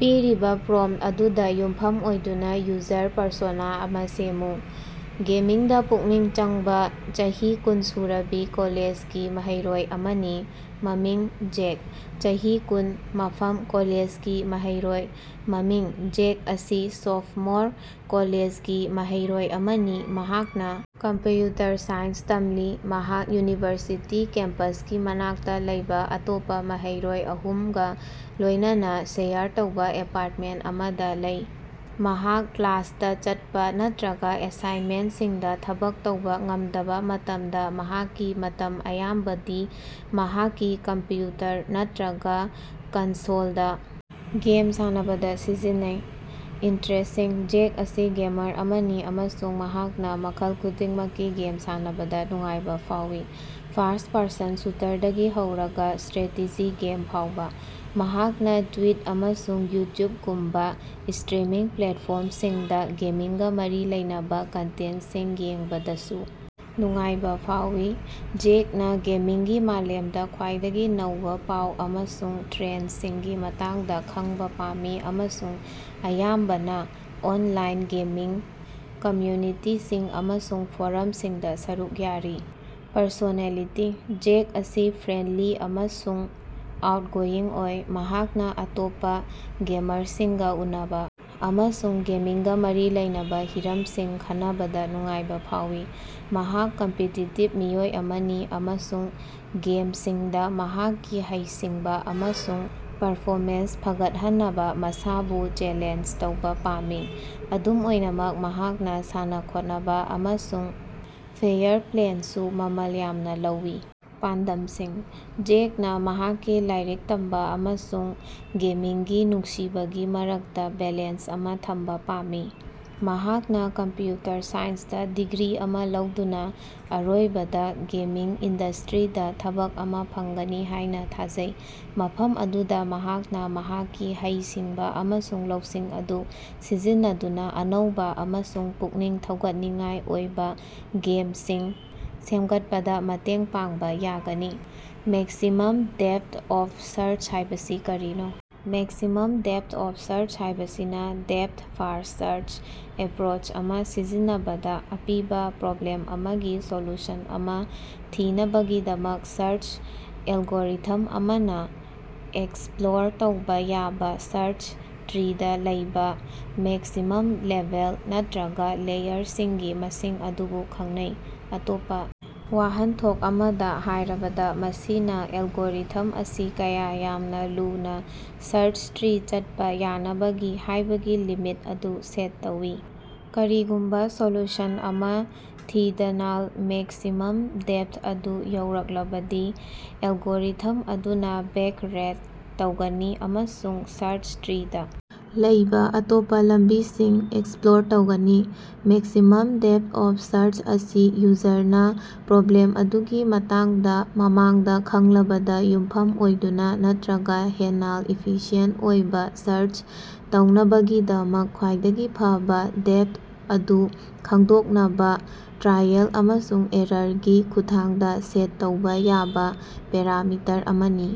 ꯄꯤꯔꯤꯕ ꯄ꯭ꯔꯣꯝꯞꯇ ꯑꯗꯨꯗ ꯌꯨꯝꯐꯝ ꯑꯣꯏꯗꯨꯅ ꯌꯨꯖꯔ ꯄꯔꯁꯣꯅꯥ ꯑꯃ ꯁꯦꯝꯃꯨ꯫ ꯒꯦꯃꯤꯡꯗ ꯄꯨꯛꯅꯤꯡ ꯆꯪꯕ ꯆꯍꯤ ꯀꯨꯟ ꯁꯨꯔꯕꯤ ꯀꯣꯂꯦꯖꯒꯤ ꯃꯍꯩꯔꯣꯏ ꯑꯃꯅꯤ꯫ ꯃꯃꯤꯡ: ꯖꯦꯛ ꯆꯍꯤ: ꯀꯨꯟ ꯃꯐꯝ: ꯀꯣꯂꯦꯖꯒꯤ ꯃꯍꯩꯔꯣꯏ ꯃꯃꯤꯡ: ꯖꯦꯛ ꯑꯁꯤ ꯁꯣꯐꯃꯣꯔ ꯀꯣꯂꯦꯖꯒꯤ ꯃꯍꯩꯔꯣꯏ ꯑꯃꯅꯤ, ꯃꯍꯥꯛꯅ ꯀꯝꯄꯌꯨꯇꯔ ꯁꯥꯏꯟꯁ ꯇꯝꯂꯤ꯫ ꯃꯍꯥꯛ ꯌꯨꯅꯤꯚꯔꯁꯤꯇꯤ ꯀꯦꯝꯄꯁꯀꯤ ꯃꯅꯥꯛꯇ ꯂꯩꯕ ꯑꯇꯣꯞꯄ ꯃꯍꯩꯔꯣꯏ ꯑꯍꯨꯝꯒ ꯂꯣꯏꯅꯅ ꯁꯦꯌꯔ ꯇꯧꯕ ꯑꯦꯄꯥꯔꯇꯃꯦꯟꯇ ꯑꯃꯗ ꯂꯩ꯫ ꯃꯍꯥꯛꯅ ꯀ꯭ꯂꯥꯁꯇꯥ ꯆꯠꯄ ꯅꯠꯇ꯭ꯔꯒꯥ ꯑꯦꯁꯥꯏꯟꯃꯦꯟꯇꯁꯤꯡꯗ ꯊꯕꯛ ꯇꯧꯕ ꯉꯝꯗꯕ ꯃꯇꯝꯗ ꯃꯍꯥꯛꯀꯤ ꯃꯇꯝ ꯑꯌꯥꯝꯕꯗꯤ ꯃꯍꯥꯛꯀꯤ ꯀꯝꯄꯌꯨꯇꯔ ꯅꯠꯇ꯭ꯔꯒ ꯀꯟꯁꯣꯜꯗ ꯒꯦꯝ ꯁꯥꯟꯅꯕꯗ ꯁꯤꯖꯤꯟꯅꯩ꯫ ꯏꯟꯇꯔꯦꯁ꯭ꯇꯁꯤꯡ: ꯖꯦꯛ ꯑꯁꯤ ꯒꯦꯃꯔ ꯑꯃꯅꯤ ꯑꯃꯁꯨꯡ ꯃꯍꯥꯛꯅ ꯃꯈꯜ ꯈꯨꯗꯤꯡꯃꯛꯀꯤ ꯒꯦꯝ ꯁꯥꯟꯅꯕꯗ ꯅꯨꯡꯉꯥꯏꯕ ꯐꯥꯎꯏ, ꯐꯥꯔꯁ-ꯄꯔꯁꯟ ꯁꯨꯇꯔꯗꯒꯤ ꯍꯧꯔꯒꯥ ꯏꯁ꯭ꯇꯔꯦꯇꯦꯖꯤ ꯒꯦꯝ ꯐꯥꯎꯕ꯫ ꯃꯍꯥꯛꯅ ꯇ꯭ꯌꯨꯏꯠ ꯑꯃꯁꯨꯡ ꯌꯨꯇꯨꯎꯕꯒꯨꯝꯕ ꯏꯁ꯭ꯇꯔꯤꯝꯃꯤꯡ ꯄ꯭ꯂꯦꯠꯐꯣꯔꯝꯁꯤꯡꯗ ꯒꯦꯃꯤꯡꯒꯥ ꯃꯔꯤ ꯂꯩꯅꯕ ꯀꯟꯇꯦꯟꯇꯁꯤꯡ ꯌꯦꯡꯕꯗꯁꯨ ꯅꯨꯡꯉꯥꯏꯕ ꯐꯥꯎꯏ꯫ ꯖꯦꯛꯅ ꯒꯦꯃꯤꯡꯒꯤ ꯃꯥꯂꯦꯝꯗ ꯈ꯭ꯋꯥꯏꯗꯒꯤ ꯅꯧꯕ ꯄꯥꯎ ꯑꯃꯁꯨꯡ ꯇ꯭ꯔꯦꯟꯗꯁꯤꯡꯒꯤ ꯃꯇꯥꯡꯗ ꯈꯪꯕ ꯄꯥꯝꯃꯤ ꯑꯃꯁꯨꯡ ꯑꯌꯥꯝꯕꯅ ꯑꯣꯟꯂꯥꯏꯟ ꯒꯦꯃꯤꯡ ꯀꯝꯃꯌꯨꯅꯤꯇꯤꯁꯤꯡ ꯑꯃꯁꯨꯡ ꯐꯣꯔꯝꯁꯤꯡꯗ ꯁꯔꯨꯛ ꯌꯥꯔꯤ꯫ ꯄꯔꯁꯣꯅꯦꯂꯤꯇꯤ: ꯖꯦꯛ ꯑꯁꯤ ꯐ꯭ꯔꯦꯟꯗꯂꯤ ꯑꯃꯁꯨꯡ ꯑꯥꯎꯠꯒꯣꯌꯤꯡ ꯑꯣꯏ꯫ ꯃꯍꯥꯛꯅ ꯑꯇꯣꯞꯄ ꯒꯦꯃꯔꯁꯤꯡꯒ ꯎꯅꯕ ꯑꯃꯁꯨꯡ ꯒꯦꯃꯤꯡꯒ ꯃꯔꯤ ꯂꯩꯅꯕ ꯍꯤꯔꯝꯁꯤꯡ ꯈꯟꯅꯕꯗ ꯅꯨꯡꯉꯥꯏꯕ ꯐꯥꯎꯏ꯫ ꯃꯍꯥꯛ ꯀꯝꯄꯤꯇꯤꯇꯤꯕ ꯃꯤꯑꯣꯏ ꯑꯃꯅꯤ ꯑꯃꯁꯨꯡ ꯒꯦꯝꯁꯤꯡꯗ ꯃꯍꯥꯛꯀꯤ ꯍꯩꯁꯤꯡꯕ ꯑꯃꯁꯨꯡ ꯄꯔꯐꯣꯃꯦꯟꯁ ꯐꯒꯠꯍꯟꯅꯕ ꯃꯁꯥꯕꯨ ꯆꯦꯂꯦꯟꯖ ꯇꯧꯕ ꯄꯥꯝꯃꯤ꯫ ꯑꯗꯨꯝ ꯑꯣꯏꯅꯃꯛ ꯃꯍꯥꯛꯅ ꯁꯥꯟꯅ-ꯈꯣꯠꯅꯕ ꯑꯃꯁꯨꯡ ꯐꯦꯌꯔ ꯄ꯭ꯂꯦꯜꯁꯨ ꯃꯃꯜ ꯌꯥꯝꯅ ꯂꯧꯏ꯫ ꯄꯥꯟꯗꯝꯁꯤꯡ: ꯖꯦꯛꯅ ꯃꯍꯥꯛꯀꯤ ꯂꯥꯏꯔꯤꯛ ꯇꯝꯕ ꯑꯃꯁꯨꯡ ꯒꯦꯃꯤꯡꯒꯤ ꯅꯨꯡꯁꯤꯕꯒꯤ ꯃꯔꯛꯇꯥ ꯕꯦꯂꯦꯟꯁ ꯑꯃ ꯊꯝꯕ ꯄꯥꯝꯃꯤ꯫ ꯃꯍꯥꯛꯅ ꯀꯝꯄꯌꯨꯇꯔ ꯁꯥꯏꯟꯁꯇ ꯗꯤꯒ꯭ꯔꯤ ꯑꯃ ꯂꯧꯗꯨꯅ ꯑꯔꯣꯏꯕꯗ ꯒꯦꯃꯤꯡ ꯏꯟꯗꯁ꯭ꯇꯔꯤꯗ ꯊꯕꯛ ꯑꯃ ꯐꯪꯒꯅꯤ ꯍꯥꯏꯅ ꯊꯥꯖꯩ, ꯃꯐꯝ ꯑꯗꯨꯗ ꯃꯍꯥꯛꯅ ꯃꯍꯥꯛꯀꯤ ꯍꯩꯁꯤꯡꯕ ꯑꯃꯁꯨꯡ ꯂꯧꯁꯤꯡ ꯑꯗꯨ ꯁꯤꯖꯤꯟꯅꯗꯨꯅ ꯑꯅꯧꯕ ꯑꯃꯁꯨꯡ ꯄꯨꯛꯅꯤꯡ ꯊꯧꯒꯠꯅꯤꯡꯉꯥꯏ ꯑꯣꯏꯕ ꯒꯦꯝꯁꯤꯡ ꯁꯦꯝꯒꯠꯄꯗ ꯃꯇꯦꯡ ꯄꯥꯡꯕ ꯌꯥꯒꯅꯤ꯫ ꯃꯦꯛꯁꯤꯃꯝ ꯗꯦꯞꯊ ꯑꯣꯐ ꯁꯥꯔꯆ ꯍꯥꯏꯕꯁꯤ ꯀꯔꯤꯅꯣ? ꯃꯦꯛꯁꯤꯃꯝ ꯗꯦꯞꯊ ꯑꯣꯐ ꯁꯥꯔꯆ ꯍꯥꯏꯕꯁꯤꯅ, ꯗꯦꯞꯊ-ꯐꯥꯔꯁ꯭ꯠ ꯁꯥꯔꯆ ꯑꯦꯄꯔꯣꯆ ꯑꯃ ꯁꯤꯖꯤꯟꯅꯕꯗ, ꯑꯄꯤꯕ ꯄ꯭ꯔꯣꯕ꯭ꯂꯦꯝ ꯑꯃꯒꯤ ꯁꯣꯂꯨꯁꯟ ꯑꯃ ꯊꯤꯅꯕꯒꯤꯗꯃꯛ ꯁꯥꯔꯆ ꯑꯦꯜꯒꯣꯔꯤꯊꯝ ꯑꯃꯅ ꯑꯦꯛꯁꯄ꯭ꯂꯣꯔ ꯇꯧꯕ ꯌꯥꯕ ꯁꯥꯔꯆ ꯇ꯭ꯔꯤꯗ ꯂꯩꯕ ꯃꯦꯛꯁꯤꯃꯝ ꯂꯦꯚꯦꯜ, ꯅꯠꯇꯔꯒ ꯂꯦꯌꯔꯁꯤꯡꯒꯤ ꯃꯁꯤꯡ ꯑꯗꯨꯕꯨ ꯈꯪꯅꯩ꯫ ꯑꯇꯣꯞꯄ ꯋꯥꯍꯟꯊꯣꯛ ꯑꯃꯗ ꯍꯥꯏꯔꯕꯗ, ꯃꯁꯤꯅꯥ ꯑꯦꯜꯒꯣꯔꯤꯊꯝ ꯑꯁꯤ ꯀꯌꯥ ꯌꯥꯝꯅ ꯂꯨꯅ ꯁꯥꯔꯆ ꯇ꯭ꯔꯤ ꯆꯠꯄ ꯌꯥꯅꯕꯒꯤ ꯍꯥꯏꯕꯒꯤ ꯂꯤꯃꯤꯠ ꯑꯗꯨ ꯁꯦꯠ ꯇꯧꯏ꯫ ꯀꯔꯤꯒꯨꯝꯕ ꯁꯣꯂꯨꯁꯟ ꯑꯃ ꯊꯤꯗꯅꯥꯜ ꯃꯦꯛꯁꯤꯃꯝ ꯗꯦꯞꯊ ꯑꯗꯨ ꯌꯧꯔꯛꯂꯕꯗꯤ, ꯑꯦꯜꯒꯣꯔꯤꯊꯝ ꯑꯗꯨꯅ ꯕꯦꯀꯠꯔꯦꯛ ꯇꯧꯒꯅꯤ ꯑꯃꯁꯨꯡ ꯁꯥꯔꯆ ꯇ꯭ꯔꯤꯗ ꯂꯩꯕ ꯑꯇꯣꯞꯄ ꯂꯝꯕꯤꯁꯤꯡ ꯑꯦꯛꯁꯄ꯭ꯂꯣꯔ ꯇꯧꯒꯅꯤ꯫ ꯃꯦꯛꯁꯤꯃꯝ ꯗꯦꯞꯊ ꯑꯣꯐ ꯁꯥꯔꯆ ꯑꯁꯤ ꯌꯨꯖꯔꯅ ꯄ꯭ꯔꯣꯕ꯭ꯂꯦꯝ ꯑꯗꯨꯒꯤ ꯃꯇꯥꯡꯗ ꯃꯃꯥꯡꯗ ꯈꯪꯂꯕꯗ ꯌꯨꯝꯐꯝ ꯑꯣꯏꯗꯨꯅ ꯅꯠꯇꯔꯒꯥ ꯍꯦꯟꯅꯥꯜ ꯏꯐꯤꯁꯤꯑꯦꯟꯇ ꯑꯣꯏꯕ ꯁꯥꯔꯆ ꯇꯧꯅꯕꯒꯤꯗꯃꯛ ꯈ꯭ꯋꯥꯏꯗꯒꯤ ꯐꯥꯕ ꯗꯦꯞꯊ ꯑꯗꯨ ꯈꯪꯗꯣꯛꯅꯕꯥ ꯇ꯭ꯔꯥꯏꯑꯦꯜ ꯑꯃꯁꯨꯡ ꯑꯦꯔꯥꯔꯒꯤ ꯈꯨꯠꯊꯥꯡꯗ ꯁꯦꯠ ꯇꯧꯕꯥ ꯌꯥꯕ ꯄꯦꯔꯥꯃꯤꯇꯔ ꯑꯃꯅꯤ꯫